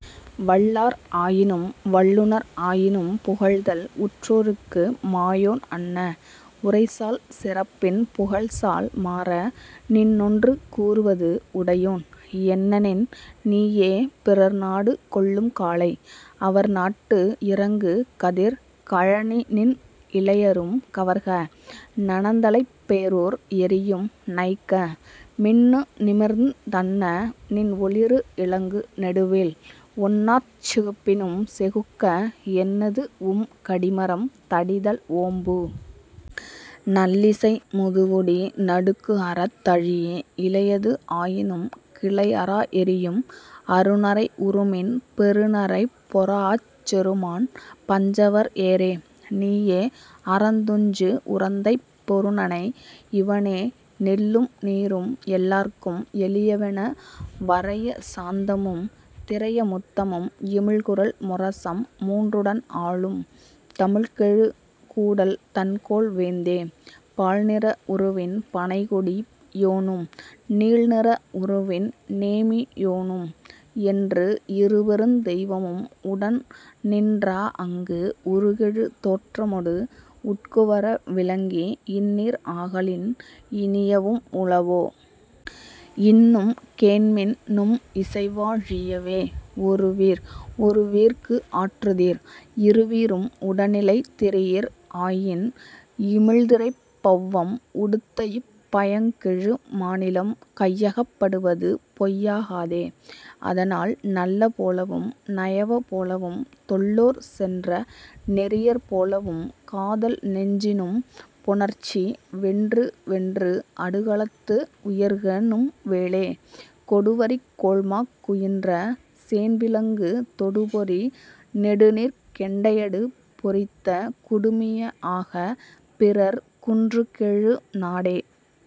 வல்லார் ஆயினும், வல்லுநர் ஆயினும், புகழ்தல் உற்றோர்க்கு மாயோன் அன்ன, உரைசால் சிறப்பின் புகழ்சால் மாற! நின்னொன்று கூறுவது உடையோன்; என்னெனின், நீயே, பிறர்நாடு கொள்ளும்காலை, அவர் நாட்டு இறங்கு கதிர் கழனிநின் இளையரும் கவர்க: நனந்தலைப் பேரூர் எரியும் நைக்க; மின்னு நிமிர்ந் தன்ன நின்ஒளிறு இலங்கு நெடுவேல் ஒன்னார்ச் செகுப்பினும் செகுக்க; என்னதூஉம் கடிமரம் தடிதல் ஓம்பு! நல்லிசை முதுகுடி நடுக்குஅறத் தழீஇ, இளையது ஆயினும் கிளைஅரா எறியும், அருநரை உருமின், பெருநரைப் பொறாஅச் செருமாண் பஞ்சவர் ஏறே; நீயே, அறந்துஞ்சு உறந்தைப் பொருநனை; இவனே, நெல்லும் நீரும் எல்லார்க்கும் எளியவென, வரைய சாந்தமும், திரைய முத்தமும், இமிழ்குரல் முரசம் மூன்றுடன் ஆளும், தமிழ்கெழு கூடல் தண்கோல் வேந்தே; பால்நிற உருவின் பனைக்கொடி யோனும், நீல்நிற உருவின், நேமியோனும், என்று இருபெருந் தெய்வமும் உடன் நின் றாஅங்கு, உருகெழு தோற்றமொடு உட்குவர விளங்கி, இந்நீர் ஆகலின், இனியவும் உளவோ? இன்னும் கேண்மின் நும் இசைவா ழியவே; ஒருவீர் ஒருவீர்க்கு ஆற்றுதிர்; இருவீரும் உடனிலை திரியீர் ஆயின், இமிழ்திரைப் பெளவம் உடுத்தஇப் பயங்கெழு மாநிலம் கையகப் படுவது பொய்யா காதே; அதனால், நல்ல போலவும், நயவ போலவும், தொல்லோர் சென்ற நெறியர் போலவும், காதல் நெஞ்சின்நும் புணர்ச்சி; வென்று வென்று அடுகளத்து உயர்க நும் வேலே; கொடுவரிக் கோள்மாக் குயின்ற சேண்விளங்கு தொடுபொறி நெடுநீர்க் கெண்டையடு பொறித்த குடுமிய ஆக, பிறர் குன்றுகெழு நாடே..